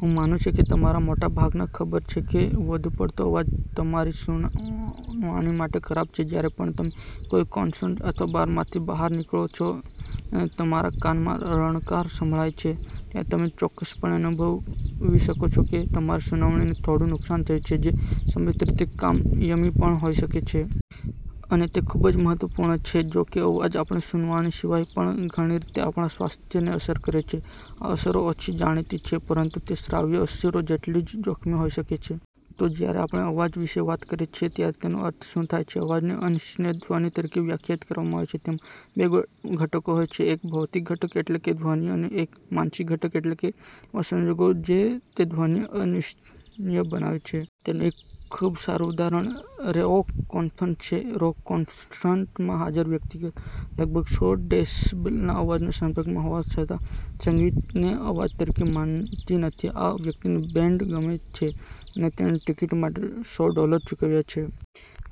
હું માનું છું કે તમારામાંના મોટા ભાગનાને ખબર છે કે વધુ પડતો અવાજ તમારી સુનાવણી માટે ખરાબ છે. જ્યારે પણ તમે કોઈ કોન્સર્ટ અથવા બારમાંથી બહાર નીકળો છો અને તમારા કાનમાં રણકારા સંભળાય છે, ત્યારે તમે ચોક્કસપણે અનુભવી શકો છો કે તમારી સુનાવણીને થોડું નુકસાન થયું છે, જે સંભવિત રીતે કાયમી પણ હોઈ શકે છે. અને તે ખૂબ જ મહત્વપૂર્ણ છે. જોકે, અવાજ આપણી સુનાવણી સિવાય પણ ઘણી રીતે આપણા સ્વાસ્થ્યને અસર કરે છે. આ અસરો ઓછી જાણીતી છે, પરંતુ તે શ્રાવ્ય અસરો જેટલી જ જોખમી હોઈ શકે છે. તો જ્યારે આપણે અવાજ વિશે વાત કરીએ છીએ, ત્યારે તેનો અર્થ શું થાય છે? અવાજને અનિચ્છનીય ધ્વનિ તરીકે વ્યાખ્યાયિત કરવામાં આવે છે. તેમાં બે ઘટકો હોય છે: એક ભૌતિક ઘટક, એટલે કે ધ્વનિ, અને એક માનસિક ઘટક, એટલે કે એવા સંજોગો જે તે ધ્વનિને અનિચ્છનીય બનાવે છે. તેનું એક ખૂબ સારું ઉદાહરણ રોક કોન્સર્ટ છે. રોક કોન્સર્ટમાં હાજર વ્યક્તિ લગભગ સો ડેસિબલના અવાજના સંપર્કમાં હોવા છતાં સંગીતને અવાજ તરીકે માનતી નથી. આ વ્યક્તિને બેન્ડ ગમે છે અને તેણે ટિકિટ માટે સો ડોલર ચૂકવ્યા છે.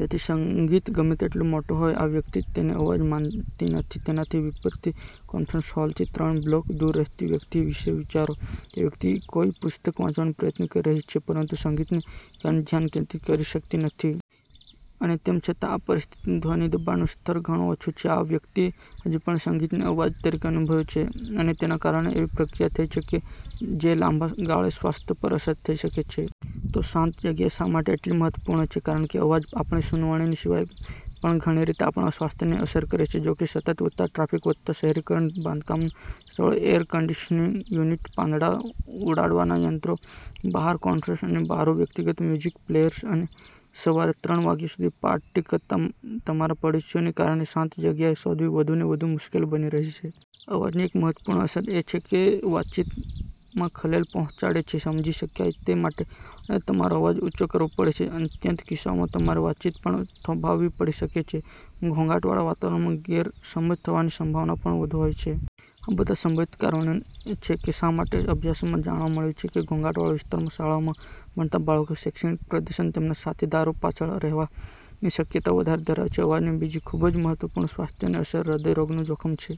તેથી સંગીત ગમે તેટલું મોટું હોય, આ વ્યક્તિ તેને અવાજ માનતી નથી. તેનાથી વિપરીત, કોન્સર્ટ હોલથી ત્રણ બ્લોક દૂર રહેતી વ્યક્તિ વિશે વિચારો. તે વ્યક્તિ કોઈ પુસ્તક વાંચવાનો પ્રયત્ન કરી રહી છે, પરંતુ સંગીતને કારણે ધ્યાન કેન્દ્રિત કરી શકતી નથી. અને તેમ છતાં આ પરિસ્થિતિમાં ધ્વનિ દબાણનું સ્તર ઘણું ઓછું છે, આ વ્યક્તિ હજુ પણ સંગીતને અવાજ તરીકે અનુભવે છે અને તેના કારણે એવી પ્રતિક્રિયા થઈ શકે છે, જે લાંબા ગાળે સ્વાસ્થ્ય પર અસર કરી શકે છે. તો શાંત જગ્યાઓ શા માટે એટલી મહત્વપૂર્ણ છે? કારણ કે અવાજ આપણી સુનાવણી સિવાય પણ ઘણી રીતે આપણા સ્વાસ્થ્યને અસર કરે છે. જોકે, સતત વધતા ટ્રાફિક, વધતા શહેરીકરણ, બાંધકામના સ્થળો, એર કન્ડિશનિંગ યુનિટ્સ, પાંદડાં ઉડાડવાના યંત્રો, બહારના કોન્સર્ટ અને બારો, વ્યક્તિગત મ્યુઝિક પ્લેયર્સ અને સવારે ત્રણ વાગ્યા સુધી પાર્ટી કરતા તમારા પડોશીઓને કારણે શાંત જગ્યાઓ શોધવી વધુને વધુ મુશ્કેલ બની રહી છે. અવાજની એક મહત્વપૂર્ણ અસર એ છે કે તે વાતચીતમાં ખલેલ પહોંચાડે છે. સમજી શકાય તે માટે તમારે તમારો અવાજ ઊંચો કરવો પડે છે. આત્યંતિક કિસ્સાઓમાં, તમારે વાતચીત પણ થોભાવવી પડી શકે છે. ઘોંઘાટવાળા વાતાવરણમાં ગેરસમજ થવાની સંભાવના પણ વધુ હોય છે. આ બધાં સંભવિત કારણો છે કે શા માટે અભ્યાસોમાં જાણવા મળ્યું છે કે ઘોંઘાટવાળા વિસ્તારોની શાળાઓમાં ભણતાં બાળકો શૈક્ષણિક પ્રદર્શનમાં તેમના સાથીદારોથી પાછળ રહેવાની શક્યતા વધારે ધરાવે છે. અવાજની બીજી ખૂબ જ મહત્વપૂર્ણ સ્વાસ્થ્ય અસર એ હૃદયરોગનું જોખમ છે.